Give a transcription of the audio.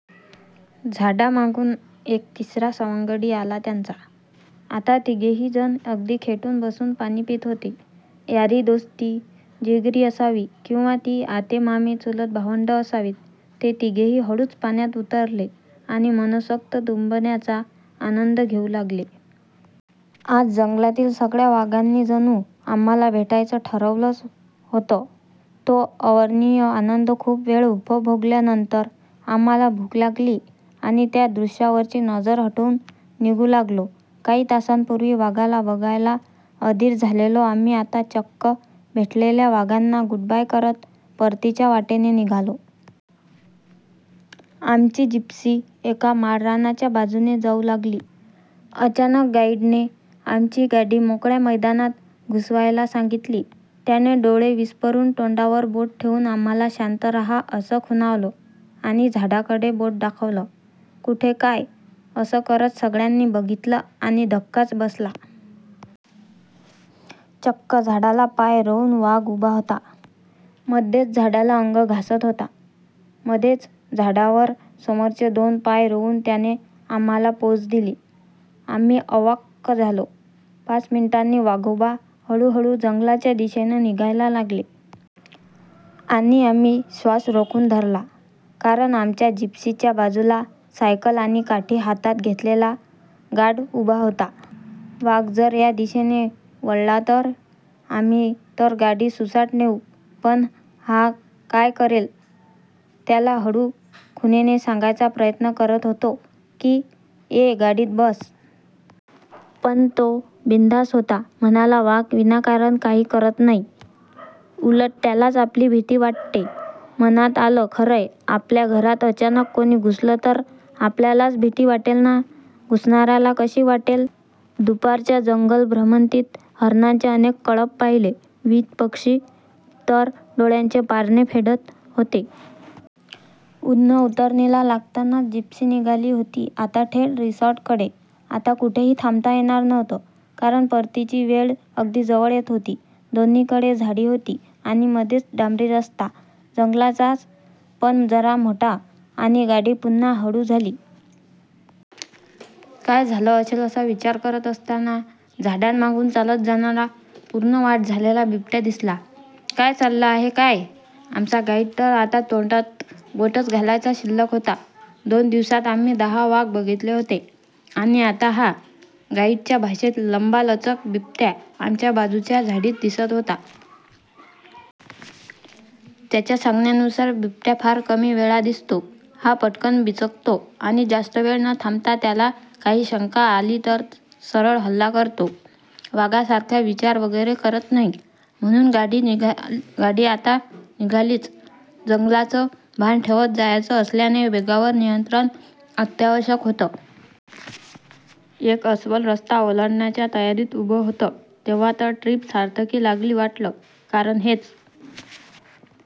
झाडामागून एक तिसरा सवंगडी आला त्यांचा. आता तिघेहीजण अगदी खेटून बसून पाणी पीत होते... यारी-दोस्ती जिगरी असावी किंवा ती आते, मामे, चुलत भावंडं असावीत. ते तिघेही हळूच पाण्यात उतरले आणि मनसोक्त डुंबण्याचा आनंद घेऊ लागले. आज जंगलातील सगळ्या वाघांनी जणू आम्हांला भेटायचं ठरवलं होतं. तो अवर्णनीय आनंद खूप वेळ उपभोगल्यानंतर आम्हांला भूक लागली आणि त्या दृश्यावरची नजर हटवून निघू लागलो. काही तासांपूर्वी वाघाला बघायला अधीर झालेलो आम्ही आता चक्क भेटलेल्या वाघांना गुडबाय करत परतीच्या वाटेने निघालो. आमची जिप्सी एका माळरानाच्या बाजूने जाऊ लागली. अचानक गाईडने आमची गाडी मोकळ्या मैदानात घुसवायला सांगितली. त्याने डोळे विस्फारून तोंडावर बोट ठेवून आम्हांला 'शांत राहा' असं खुणावलं आणि झाडाकडे बोट दाखवलं! कुठे, काय, असं करत सगळ्यांनी बघितलं आणि धक्काच बसला. चक्क झाडाला पाय रोवून वाघ उभा होता. मध्येच झाडाला अंग घासत होता. मध्येच झाडावर समोरचे दोन पाय रोवून त्याने आम्हांला पोझ दिली! आम्ही अवाक् झालो. पाच मिनिटांनी वाघोबा हळूहळू जंगलाच्या दिशेने निघायला लागले. आणि आम्ही श्वास रोखून धरला, कारण आमच्या जिप्सीच्या बाजूला सायकल आणि काठी हातात घेतलेला गार्ड उभा होता. वाघ जर या दिशेने वळला तर? आम्ही तर गाडी सुसाट नेऊ, पण हा काय करेल? त्याला हळू खुणेने सांगायचा प्रयत्न करत होतो की, 'ये, गाडीत बस!' पण तो बिनधास्त होता. म्हणाला, 'वाघ विनाकारण काही करत नाही. उलट त्यालाच आपली भीती वाटते!' मनात आलं, खरंय, आपल्या घरात अचानक कोणी घुसलं तर आपल्यालाच भीती वाटेल ना? घुसणाऱ्याला कशी वाटेल? दुपारच्या जंगल-भ्रमंतीत हरणांचे अनेक कळप पाहिले, विविध पक्षी तर डोळ्यांचे पारणे फेडत होते. उन्हं उतरणीला लागताना जिप्सी निघाली होती आता थेट रिसॉर्टकडे. आता कुठेही थांबता येणार नव्हतं, कारण परतीची वेळ अगदी जवळ येत होती. दोन्हीकडे झाडी होती आणि मध्ये डांबरी रस्ता. जंगलातलाच, पण जरा मोठा! आणि गाडी पुन्हा हळू झाली. काय झालं असेल असा विचार करत असताना, झाडांमागून चालत जाणारा पूर्ण वाढ झालेला बिबट्या दिसला! काय चाललं आहे काय! आमचा गाईड तर आता तोंडात बोटंच घालायचा शिल्लक होता! दोन दिवसांत आम्ही दहा वाघ बघितले होते आणि आता हा, गाईडच्या भाषेत, 'लंबालचक' बिबट्या आमच्या बाजूच्या झाडीत दिसत होता! त्याच्या सांगण्यानुसार बिबट्या फार कमी वेळा दिसतो. हा पटकन बिचकतो आणि जास्त वेळ न थांबता त्याला काही शंका आली तर सरळ हल्ला करतो! वाघासारखा विचार वगैरे करत नाही! म्हणून गाडी आता निघालीच, जंगलाचं भान ठेवत जायचं असल्याने वेगावर नियंत्रण अत्यावश्यकच होतं! एक अस्वल रस्ता ओलांडण्याच्या तयारीत उभं होतं तेव्हा तर ट्रिप सार्थकी लागली वाटलं, कारण हेच